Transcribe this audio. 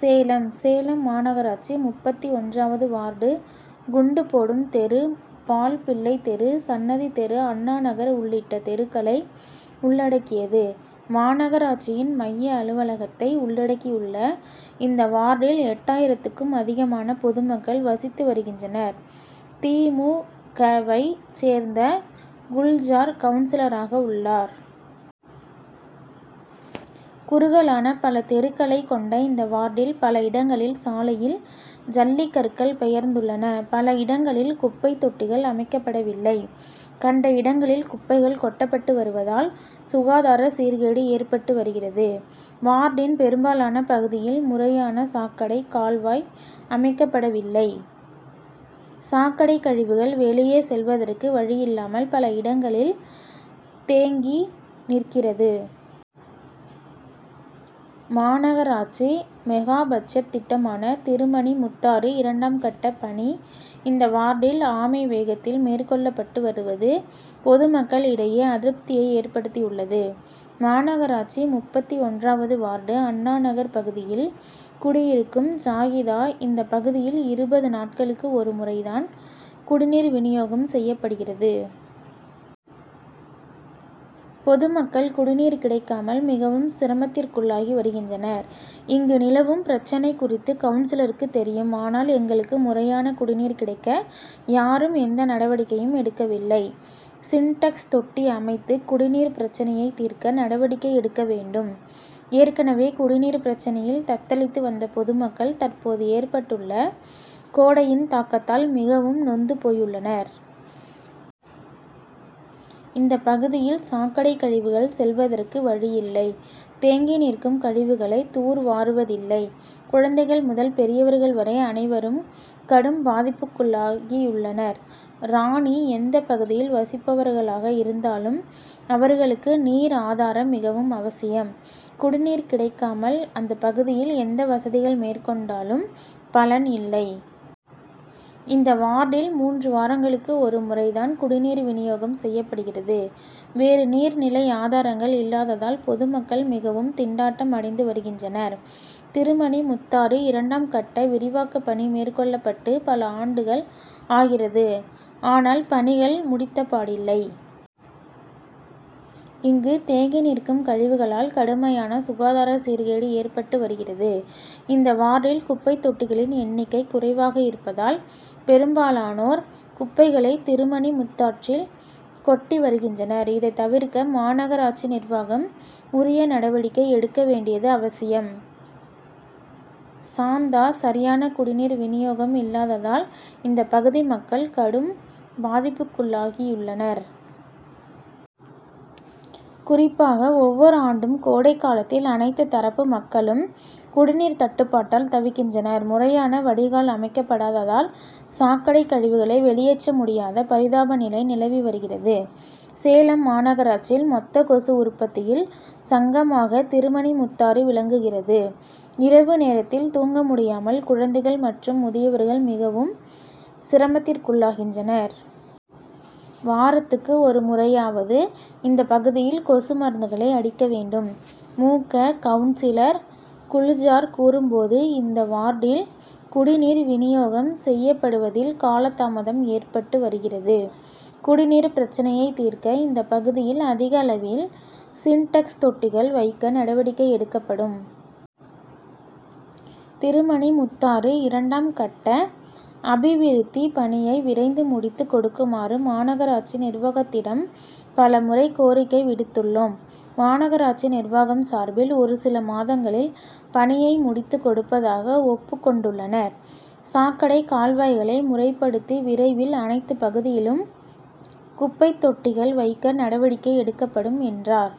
சேலம் சேலம் மாநகராட்சி முப்பத்தி ஒன்றாவது வார்டு குண்டு போடும் தெரு பால்பிள்ளை தெரு சன்னதி தெரு அண்ணாநகர் உள்ளிட்ட தெருக்களை உள்ளடக்கியது. மாநகராட்சியின் மைய அலுவலகத்தை உள்ளடக்கியுள்ள இந்த வார்டில் எட்டாயிரத்துக்கும் அதிகமான பொதுமக்கள் வசித்து வருகின்றனர். தி. மு. க.வை சேர்ந்த குல்ஜார் கவுன்சிலராக உள்ளார். குறுகலான பல தெருக்களை கொண்ட இந்த வார்டில் பல இடங்களில் சாலையில் ஜல்லிக்கற்கள் பெயர்ந்துள்ளன. பல இடங்களில் குப்பை தொட்டிகள் அமைக்கப்படவில்லை. கண்ட இடங்களில் குப்பைகள் கொட்டப்பட்டு வருவதால் சுகாதார சீர்கேடு ஏற்பட்டு வருகிறது. வார்டின் பெரும்பாலான பகுதிகளில் முறையான சாக்கடை கால்வாய் அமைக்கப்படவில்லை. சாக்கடை கழிவுகள் வெளியே செல்வதற்கு வழியில்லாமல் பல இடங்களில் தேங்கி நிற்கிறது. மாநகராட்சி மெகாபட்ஜெட் திட்டமான திருமணி முத்தாறு இரண்டாம் கட்ட பணி இந்த வார்டில் ஆமை வேகத்தில் மேற்கொள்ளப்பட்டு வருவது பொதுமக்கள் இடையே அதிருப்தியை ஏற்படுத்தியுள்ளது. மாநகராட்சி முப்பத்தி ஒன்றாவது வார்டு அண்ணாநகர் பகுதியில் குடியிருக்கும் ஜாகிதா இந்த பகுதியில் இருபது நாட்களுக்கு ஒரு முறை தான் குடிநீர் விநியோகம் செய்யப்படுகிறது. பொதுமக்கள் குடிநீர் கிடைக்காமல் மிகவும் சிரமத்துக்குள்ளாகி வருகின்றனர். இங்கு நிலவும் பிரச்னை குறித்து கவுன்சிலருக்கும் தெரியும். ஆனால் எங்களுக்கு முறையான குடிநீர் கிடைக்க யாரும் எந்த நடவடிக்கையும் எடுக்கவில்லை. சின்டெக்ஸ் தொட்டி அமைத்து குடிநீர் பிரச்னையை தீர்க்க நடவடிக்கை எடுக்க வேண்டும். ஏற்கனவே குடிநீர் பிரச்னையில் தத்தளித்து வந்த பொதுமக்கள் தற்போது ஏற்பட்டுள்ள கோடையின் தாக்கத்தால் மிகவும் நொந்து போயுள்ளனர். இந்த பகுதியில் சாக்கடை கழிவுகள் செல்வதற்கு வழியில்லை. தேங்கி நிற்கும் கழிவுகளையும் தூர்வாருவதில்லை. குழந்தைகள் முதல் பெரியவர்கள் வரை அனைவரும் கடும் பாதிப்புக்குள்ளாகியுள்ளனர். ராணி எந்த பகுதியில் வசிப்பவர்களாக இருந்தாலும் அவர்களுக்கு நீர் ஆதாரம் மிகவும் அவசியம். குடிநீர் கிடைக்காமல் அந்த பகுதியில் எந்த வசதிகள் மேற்கொண்டாலும் பலன் இல்லை. இந்த வார்டில் மூன்று வாரங்களுக்கு ஒரு முறை தான் குடிநீர் விநியோகம் செய்யப்படுகிறது. வேறு நீர் நிலை ஆதாரங்கள் இல்லாததால் பொதுமக்கள் மிகவும் திண்டாட்டம் அடைந்து வருகின்றனர். திருமணி முத்தாறு இரண்டாம் கட்ட விரிவாக்க பணி மேற்கொள்ளப்பட்டு பல ஆண்டுகள் ஆகிறது. ஆனால் பணிகள் முடித்தப்பாடில்லை. இங்கு தேங்கி நிற்கும் கழிவுகளால் கடுமையான சுகாதார சீர்கேடு ஏற்பட்டு வருகிறது. இந்த வார்டில் குப்பை தொட்டிகளின் எண்ணிக்கை குறைவாக இருப்பதால் பெரும்பாலோனோர் குப்பைகளை திருமணி முத்தாற்றில் கொட்டி வருகின்றனர். இதை தவிர்க்க மாநகராட்சி நிர்வாகம் உரிய நடவடிக்கை எடுக்க வேண்டியது அவசியம். சாந்தா சரியான குடிநீர் விநியோகம் இல்லாததால் இந்த பகுதி மக்கள் கடும் பாதிப்புக்குள்ளாகியுள்ளனர். குறிப்பாக ஒவ்வொரு ஆண்டும் கோடை காலத்தில் அனைத்து தரப்பு மக்களும் குடிநீர் தட்டுப்பாட்டால் தவிக்கின்றனர். முறையான வடிகால் அமைக்கப்படாததால் சாக்கடை கழிவுகளை வெளியேற்ற முடியாத பரிதாப நிலை நிலவி வருகிறது. சேலம் மாநகராட்சியில் மொத்த கொசு உற்பத்தியில் சங்கமமாக திருமணி முத்தாறு விளங்குகிறது. இரவு நேரத்தில் தூங்க முடியாமல் குழந்தைகள் மற்றும் முதியவர்கள் மிகவும் சிரமத்துக்குள்ளாகின்றனர். வாரத்துக்கு ஒரு முறையாவது இந்த பகுதியில் கொசு மருந்துகளை அடிக்க வேண்டும். மு. க. கவுன்சிலர் குல்ஜார் கூறும்போது இந்த வார்டில் குடிநீர் விநியோகம் செய்யப்படுவதில் காலதாமதம் ஏற்பட்டு வருகிறது. குடிநீர் பிரச்னையை தீர்க்க இந்த பகுதியில் அதிகளவில் சின்டெக்ஸ் தொட்டிகள் வைக்க நடவடிக்கை எடுக்கப்படும். திருமணி முத்தாறு இரண்டாம் கட்ட அபிவிருத்தி பணியை விரைந்து முடித்து கொடுக்குமாறு மாநகராட்சி நிர்வாகத்திடம் பல முறை கோரிக்கை விடுத்துள்ளோம். மாநகராட்சி நிர்வாகம் சார்பில் ஒரு சில மாதங்களில் பணியை முடித்து கொடுப்பதாக ஒப்புக்கொண்டுள்ளனர். சாக்கடை கால்வாய்களை முறைப்படுத்தி விரைவில் அனைத்து பகுதிகளிலும் குப்பை தொட்டிகள் வைக்க நடவடிக்கை எடுக்கப்படும் என்றார்.